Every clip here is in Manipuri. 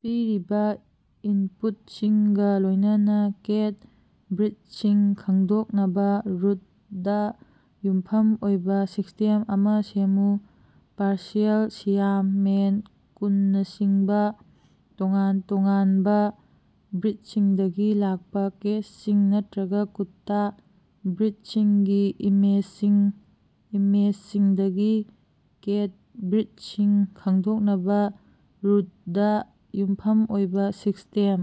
ꯄꯤꯔꯤꯕ ꯏꯟꯄꯨꯠꯁꯤꯡꯒ ꯂꯣꯏꯅꯅ ꯀꯦꯠ ꯕ꯭ꯔꯤꯠꯁꯤꯡ ꯈꯪꯗꯣꯛꯅꯕ ꯔꯨꯜꯗ ꯌꯨꯝꯐꯝ ꯑꯣꯏꯕ ꯁꯤꯁꯇꯦꯝ ꯑꯃ ꯁꯦꯝꯃꯨ꯫ ꯄꯥꯔꯁꯤꯌꯥꯟ ꯁꯤꯌꯥꯝ ꯃꯦꯟ ꯀꯨꯟꯅꯆꯤꯡꯕ ꯇꯣꯉꯥꯟ ꯇꯣꯉꯥꯟꯕ ꯕ꯭ꯔꯤꯠꯁꯤꯡꯗꯒꯤ ꯂꯥꯛꯄ ꯀꯦꯠꯁꯤꯡ ꯅꯠꯇ꯭ꯔꯒꯥ ꯀꯨꯠꯇꯥ ꯕ꯭ꯔꯤꯠꯁꯤꯡꯒꯤ ꯏꯃꯦꯖꯁꯤꯡ꯫ ꯏꯃꯦꯖꯁꯤꯡꯗꯒꯤ ꯀꯦꯠ ꯕ꯭ꯔꯤꯠꯁꯤꯡ ꯈꯪꯗꯣꯛꯅꯕ ꯔꯨꯜꯗ ꯌꯨꯝꯐꯝ ꯑꯣꯏꯕ ꯁꯤꯁꯇꯦꯝ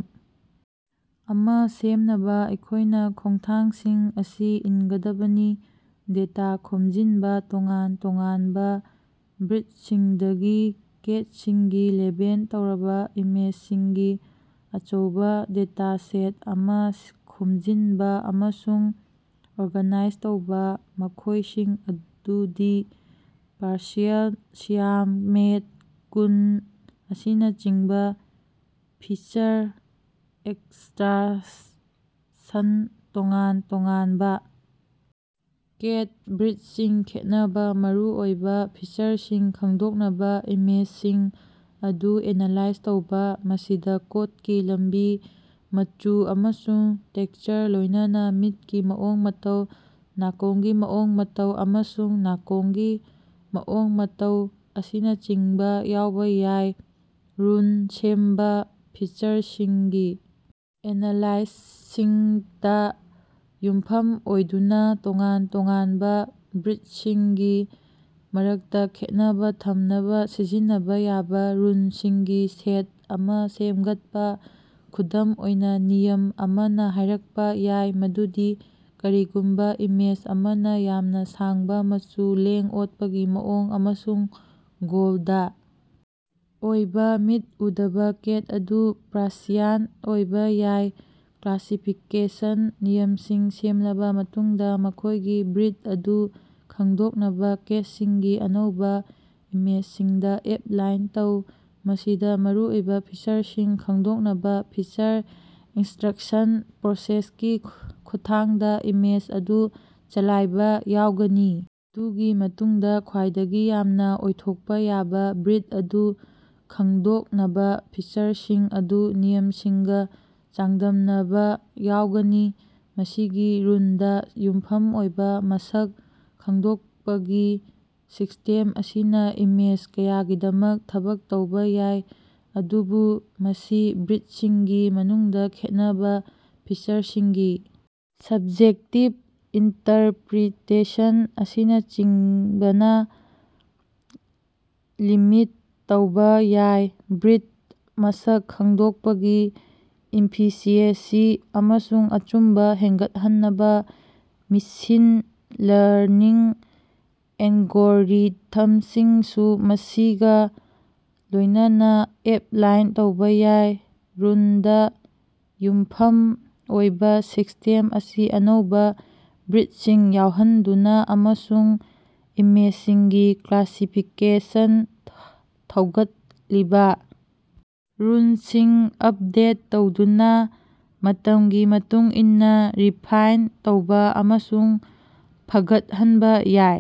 ꯑꯃ ꯁꯦꯝꯅꯕ ꯑꯩꯈꯣꯏꯅ ꯈꯣꯡꯊꯥꯡꯁꯤꯡ ꯑꯁꯤ ꯏꯟꯒꯗꯕꯅꯤ ꯗꯦꯇꯥ ꯈꯣꯝꯖꯤꯟꯕꯥ ꯇꯣꯉꯥꯟ ꯇꯣꯉꯥꯟꯕ ꯕ꯭ꯔꯤꯠꯁꯤꯡꯗꯒꯤ ꯀꯦꯠꯁꯤꯡꯒꯤ ꯂꯦꯕꯦꯜ ꯇꯧꯔꯕ ꯏꯃꯦꯖꯁꯤꯡꯒꯤ ꯑꯆꯧꯕ ꯗꯦꯇꯥꯁꯦꯠ ꯑꯃ ꯈꯣꯝꯖꯤꯟꯕ ꯑꯃꯁꯨꯡ ꯑꯣꯔꯒꯅꯥꯏꯖ ꯇꯧꯕ ꯃꯈꯣꯏꯁꯤꯡ ꯑꯗꯨꯗꯤ ꯄꯥꯔꯁꯤꯌꯥꯟ ꯁꯤꯌꯥꯝ ꯃꯦꯟ ꯀꯨꯟ ꯑꯁꯤꯅꯆꯤꯡꯕ ꯐꯤꯆꯔ ꯑꯦꯛꯁꯇꯔꯥꯛꯁꯟ ꯇꯣꯉꯥꯟ ꯇꯣꯉꯥꯟꯕ ꯀꯦꯠ ꯕ꯭ꯔꯤꯠꯁꯤꯡ ꯈꯦꯠꯅꯕ ꯃꯔꯨꯑꯣꯏꯕ ꯐꯤꯆꯔꯁꯤꯡ ꯈꯪꯗꯣꯛꯅꯕ ꯏꯃꯦꯖꯁꯤꯡ ꯑꯗꯨ ꯑꯦꯅꯥꯂꯥꯏꯖ ꯇꯧꯕ꯫ ꯃꯁꯤꯗ ꯀꯣꯠꯀꯤ ꯂꯝꯕꯤ ꯃꯆꯨ ꯑꯃꯁꯨꯡ ꯇꯦꯛꯁꯆꯔ ꯂꯣꯏꯅꯅ ꯃꯤꯠꯀꯤ ꯃꯑꯣꯡ ꯃꯇꯧ ꯅꯥꯀꯣꯡꯒꯤ ꯃꯑꯣꯡ ꯃꯇꯧ ꯑꯃꯁꯨꯡ ꯅꯥꯀꯣꯡꯒꯤ ꯃꯑꯣꯡ ꯃꯇꯧ ꯑꯁꯤꯅꯆꯤꯡꯕ ꯌꯥꯎꯕ ꯌꯥꯏ꯫ ꯔꯨꯜ ꯁꯦꯝꯕ ꯐꯤꯆꯔꯁꯤꯡꯒꯤ ꯑꯦꯅꯥꯂꯥꯏꯁꯤꯁꯇꯥ ꯌꯨꯝꯐꯝ ꯑꯣꯏꯗꯨꯅ ꯇꯣꯉꯥꯟ ꯇꯣꯉꯥꯟꯕ ꯕ꯭ꯔꯤꯠꯁꯤꯡꯒꯤ ꯃꯔꯛꯇ ꯈꯦꯠꯅꯕ ꯊꯝꯅꯕ ꯁꯤꯖꯤꯟꯅꯕ ꯌꯥꯕ ꯔꯨꯜꯁꯤꯡꯒꯤ ꯁꯦꯠ ꯑꯃ ꯁꯦꯝꯒꯠꯄ꯫ ꯈꯨꯗꯝ ꯑꯣꯏꯅ ꯅꯤꯌꯝ ꯑꯃꯅ ꯍꯥꯏꯔꯛꯄ ꯌꯥꯏ ꯃꯗꯨꯗꯤ ꯀꯔꯤꯒꯨꯝꯕ ꯏꯃꯦꯖ ꯑꯃꯅ ꯌꯥꯝꯅ ꯁꯥꯡꯕ ꯃꯆꯨ ꯂꯦꯡ ꯑꯣꯠꯄꯒꯤ ꯃꯑꯣꯡ ꯑꯃꯁꯨꯡ ꯒꯣꯜꯗ ꯑꯣꯏꯕ ꯃꯤꯠ ꯎꯗꯕ ꯀꯦꯠ ꯑꯗꯨ ꯄꯥꯔꯁꯤꯌꯥꯟ ꯑꯣꯏꯕ ꯌꯥꯏ꯫ ꯀ꯭ꯂꯥꯁꯤꯐꯤꯀꯦꯁꯟ ꯅꯤꯌꯝꯁꯤꯡ ꯁꯦꯝꯂꯕ ꯃꯇꯨꯡꯗ ꯃꯈꯣꯏꯒꯤ ꯕ꯭ꯔꯤꯠ ꯑꯗꯨ ꯈꯪꯗꯣꯛꯅꯕ ꯀꯦꯠꯁꯤꯡꯒꯤ ꯑꯅꯧꯕ ꯏꯃꯦꯖꯁꯤꯡꯗ ꯑꯦꯞꯂꯥꯏ ꯇꯧ꯫ ꯃꯁꯤꯗ ꯃꯔꯨꯑꯣꯏꯕ ꯐꯤꯆꯔꯁꯤꯡ ꯈꯪꯗꯣꯛꯅꯕ ꯐꯤꯆꯔ ꯑꯦꯛꯁꯇꯔꯥꯛꯁꯟ ꯄ꯭ꯔꯣꯁꯦꯁꯀꯤ ꯈꯨꯠꯊꯥꯡꯗ ꯏꯃꯦꯖ ꯑꯗꯨ ꯆꯂꯥꯏꯕ ꯌꯥꯎꯒꯅꯤ ꯃꯗꯨꯒꯤ ꯃꯇꯨꯡꯗ ꯈ꯭ꯋꯥꯏꯗꯒꯤ ꯌꯥꯝꯅ ꯑꯣꯏꯊꯣꯛꯄ ꯌꯥꯕ ꯕ꯭ꯔꯤꯠ ꯑꯗꯨ ꯈꯡꯗꯣꯛꯅꯕ ꯐꯤꯆꯔꯁꯤꯡ ꯑꯗꯨ ꯅꯤꯌꯝꯁꯤꯡꯒ ꯆꯥꯡꯗꯝꯅꯕ ꯌꯥꯎꯒꯅꯤ꯫ ꯃꯁꯤꯒꯤ ꯔꯨꯜꯗ ꯌꯨꯝꯐꯝ ꯑꯣꯏꯕ ꯃꯁꯛ ꯈꯪꯗꯣꯛꯄꯒꯤ ꯁꯤꯁ꯭ꯇꯦꯝ ꯑꯁꯤꯅ ꯏꯃꯦꯖ ꯀꯌꯥꯒꯤꯗꯃꯛ ꯊꯕꯛ ꯇꯧꯕ ꯌꯥꯏ ꯑꯗꯨꯕꯨ ꯃꯁꯤ ꯕ꯭ꯔꯤꯠꯁꯤꯡꯒꯤ ꯃꯅꯨꯡꯗ ꯈꯦꯠꯅꯕ ꯐꯤꯆꯔꯁꯤꯡꯒꯤ ꯁꯕꯖꯦꯛꯇꯤꯕ ꯏꯟꯇꯔꯄꯔꯤꯇꯦꯁꯟ ꯑꯁꯤꯅꯆꯤꯡꯕꯅ ꯂꯤꯃꯤꯠ ꯇꯧꯕ ꯌꯥꯏ ꯕ꯭ꯔꯤꯠ ꯃꯁꯛ ꯈꯪꯗꯣꯛꯄꯒꯤ ꯏꯐꯤꯁꯤꯑꯦꯟꯁꯤ ꯑꯃꯁꯨꯡ ꯑꯆꯨꯝꯕ ꯍꯦꯟꯒꯠꯍꯟꯅꯕ ꯃꯦꯁꯤꯟ ꯂꯔꯅꯤꯡ ꯑꯦꯜꯒꯣꯔꯤꯊꯝꯁꯤꯡꯁꯨ ꯃꯁꯤꯒ ꯂꯣꯏꯅꯅ ꯑꯦꯞꯂꯥꯏ ꯇꯧꯕ ꯌꯥꯏ꯫ ꯔꯨꯜꯗ ꯌꯨꯝꯐꯝ ꯑꯣꯏꯕ ꯁꯤꯁꯇꯦꯝ ꯑꯁꯤ ꯑꯅꯧꯕ ꯕ꯭ꯔꯤꯠꯁꯤꯡ ꯌꯥꯎꯍꯟꯗꯨꯅ ꯑꯃꯁꯨꯡ ꯏꯃꯦꯖꯁꯤꯡꯒꯤ ꯀ꯭ꯂꯥꯁꯤꯐꯤꯀꯦꯁꯟ ꯊꯧꯒꯠꯂꯤꯕ ꯔꯨꯜꯁꯤꯡ ꯑꯞꯗꯦꯠ ꯇꯧꯗꯨꯅ ꯃꯇꯝꯒꯤ ꯃꯇꯨꯡ ꯏꯟꯅ ꯔꯤꯐꯥꯏꯟ ꯇꯧꯕ ꯑꯃꯁꯨꯡ ꯐꯒꯠꯍꯟꯕ ꯌꯥꯏ꯫